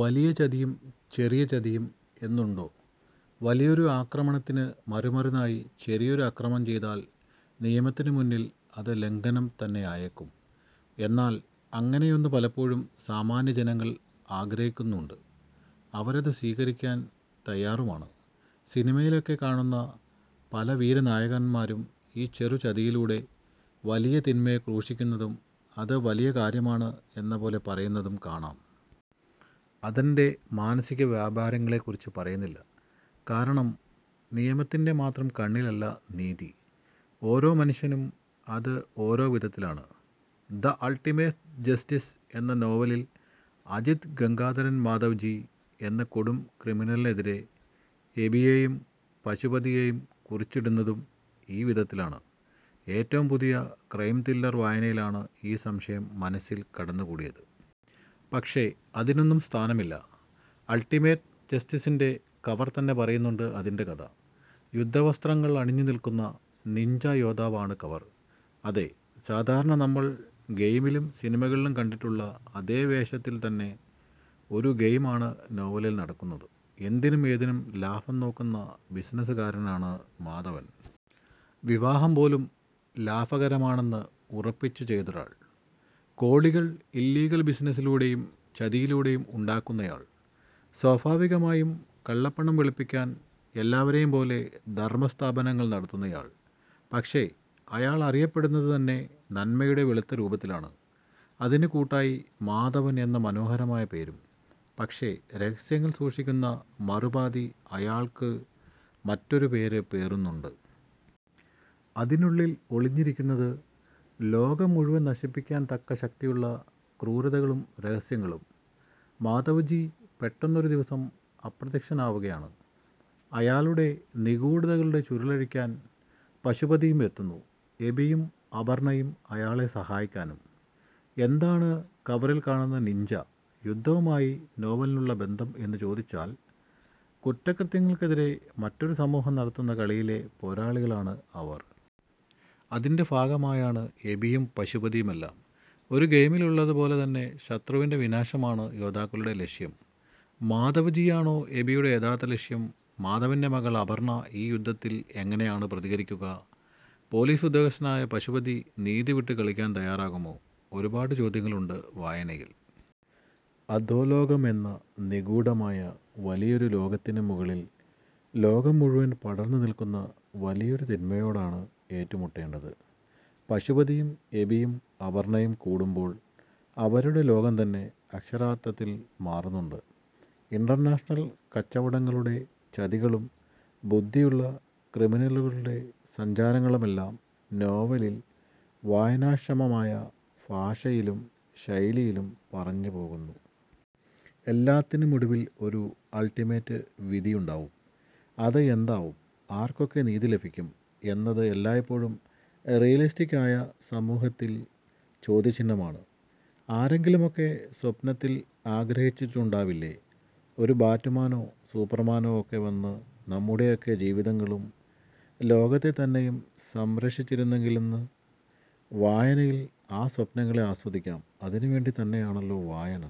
വലിയ ചതിയും ചെറിയ ചതിയും എന്നുണ്ടോ? വലിയൊരു ആ ക്രമണ ത്തിനു മറുമരുന്നായി ചെറിയൊരു അക്രമം ചെയ്താൽ നിയമത്തിനു മുന്നിൽ അത് ലംഘനം തന്നെയായേക്കും. എന്നാൽ അങ്ങനെയൊന്ന് പലപ്പോഴും സാമാന്യ ജനങ്ങൾ ആഗ്രഹിക്കുന്നുണ്ട്. അവരത് സ്വീകരിക്കാൻ തയാറുമാണ്. സിനിമയിലൊക്കെ കാണുന്ന പല വീര നായകന്മാരും ഈ ചെറു ചതിയിലൂടെ വലിയ തിന്മയെ ക്രൂശിക്കുന്നതും, അത് വലിയ കാര്യമാണ് എന്ന പോലെ പറയുന്നതും കാണാം. അതൻ്റെ മാനസിക വ്യാപാരങ്ങളെക്കുറിച്ച് പറയുന്നില്ല, കാരണം നിയമത്തിൻ്റെ മാത്രം കണ്ണിലല്ല നീതി. ഓരോ മനുഷ്യനും അത് ഓരോ വിധത്തിലാണ്. 'ദ അൾട്ടിമേറ്റ് ജസ്റ്റിസ്' എന്ന നോവലിൽ അജിത് ഗംഗാധരൻ മാധവ്ജി എന്ന കൊടും ക്രിമിനലിനെതിരെ എബിയെയും പശുപതിയെയും കുറിച്ചിടുന്നതും ഈ വിധത്തിലാണ്. ഏറ്റവും പുതിയ ക്രൈം തില്ലർ വായനയിലാണ് ഈ സംശയം മനസ്സിൽ കടന്നു കൂടിയത്. പക്ഷേ അതിനൊന്നും സ്ഥാനമില്ല, അൾട്ടിമേറ്റ് ജസ്റ്റിസിൻ്റെ കവർ തന്നെ പറയുന്നുണ്ട് അതിൻ്റെ കഥ. യുദ്ധ വസ്ത്രങ്ങൾ അണിഞ്ഞു നിൽക്കുന്ന നിഞ്ച യോദ്ധാവാണ് കവർ. അതെ, സാധാരണ നമ്മൾ ഗെയിമിലും സിനിമകളിലും കണ്ടിട്ടുള്ള അതെ വേഷത്തിൽ തന്നെ. ഒരു ഗെയിം ആണ് നോവലിൽ നടക്കുന്നത്. എന്തിനും ഏതിനും ലാഭം നോക്കുന്ന ബിസിനസുകാരനാണ് മാധവൻ. വിവാഹം പോലും ലാഭകരമാണെന്ന് ഉറപ്പിച്ച് ചെയ്തൊരാൾ. കോടികൾ ഇല്ലീഗൽ ബിസിനസിലൂടെയും ചതിയിലൂടെയും ഉണ്ടാക്കുന്നയാൾ. സ്വാഭാവികമായും കള്ളപ്പണം വെളുപ്പിക്കാൻ എല്ലാവരെയും പോലെ ധർമ്മ സ്ഥാപനങ്ങൾ നടത്തുന്നയാൾ. പക്ഷേ അയാൾ അറിയപ്പെടുന്നതു തന്നെ നന്മയുടെ വെളുത്ത രൂപത്തിലാണ്. അതിനു കൂട്ടായി മാധവൻ എന്ന മനോഹരമായ പേരും. പക്ഷേ രഹസ്യങ്ങൾ സൂക്ഷിക്കുന്ന മറുപാതി അയാൾക്ക് മറ്റൊരു പേര് പേറുന്നുണ്ട്. അതിനുള്ളിൽ ഒളിഞ്ഞിരിക്കുന്നത്, ലോകം മുഴുവൻ നശിപ്പിക്കാൻ തക്ക ശക്തിയുള്ള ക്രൂരതകളും രഹസ്യങ്ങളും. മാധവ്ജി പെട്ടെന്നൊരു ദിവസം അപ്രത്യക്ഷനാവുകയാണ്. അയാളുടെ നിഗൂഢതകളുടെ ചുരുളഴിക്കാൻ പശുപതിയും എത്തുന്നു. എബിയും അപർണ്ണയും അയാളെ സഹായിക്കാനും. എന്താണ് കവറിൽ കാണുന്ന നിഞ്ച യുദ്ധവുമായി നോവലിനുള്ള ബന്ധം എന്ന് ചോദിച്ചാൽ കുറ്റകൃത്യങ്ങൾക്കെതിരെ മറ്റൊരു സമൂഹം നടത്തുന്ന കളിയിലെ പോരാളികളാണ് അവർ. അതിൻ്റെ ഭാഗമായാണ് എബിയും പശുപതിയും എല്ലാം. ഒരു ഗെയിമിൽ ഉള്ളതു പോലെ തന്നെ ശത്രുവിൻ്റെ വിനാശമാണ് യോദ്ധാക്കളുടെ ലക്ഷ്യം. മാധവ്ജിയാണോ എബിയുടെ യഥാർഥ ലക്ഷ്യം? മാധവൻ്റെ മകൾ അപർണ ഈ യുദ്ധത്തിൽ എങ്ങെനയാണ് പ്രതികരിക്കുക? പൊലീസ് ഉദ്യോഗസ്ഥനായ പശുപതി നീതി വിട്ടു കളിക്കാൻ തയാറാകുമോ? ഒരുപാട് ചോദ്യങ്ങളുണ്ട് വായനയിൽ. അധോലോകം എന്ന നിഗൂഢമായ വലിയൊരു ലോകത്തിനും മുകളിൽ ലോകം മുഴുവൻ പടർന്നു നിൽക്കുന്ന വലിയൊരു തിന്മയോടാണ് ഏറ്റു മുട്ടേണ്ടത്. പശുപതിയും എബിയും അപർണ്ണയും കൂടുമ്പോൾ അവരുടെ ലോകം തന്നെ അക്ഷരാർഥത്തിൽ മാറുന്നുണ്ട്. ഇൻ്റർനാഷണൽ കച്ചവടങ്ങളുടെ ചതികളും ബുദ്ധിയുള്ള ക്രിമിനലുകളുടെ സഞ്ചാരങ്ങളുമെല്ലാം നോവലിൽ വായനാക്ഷമമായ ഭാഷയിലും ശൈലിയിലും പറഞ്ഞു പോകുന്നു. എല്ലാത്തിനുമൊടുവിൽ ഒരു അൾട്ടിമേറ്റ് വിധി ഉണ്ടാവും, അത് എന്താവും? ആർക്കൊക്കെ നീതി ലഭിക്കും എന്നത് എല്ലായ്പ്പോഴും റിയലിസ്റ്റിക് ആയ സമൂഹത്തിൽ ചോദ്യ ചിഹ്നമാണ്. ആരെങ്കിലുമൊക്കെ സ്വപ്നത്തിൽ ആഗ്രഹിച്ചിട്ടുണ്ടാവില്ലേ, ഒരു ബാറ്റ് മാനോ സൂപ്പർ മാനോ ഒക്കെ വന്നു നമ്മുടെയൊക്കെ ജീവിതങ്ങളും ലോകത്തെ തന്നെയും സംരക്ഷിച്ചിരുന്നെങ്കിൽ എന്ന്. വായനയിൽ ആ സ്വപ്നങ്ങളെ ആസ്വദിക്കാം. അതിനു വേണ്ടി തന്നെയാണല്ലോ വായന.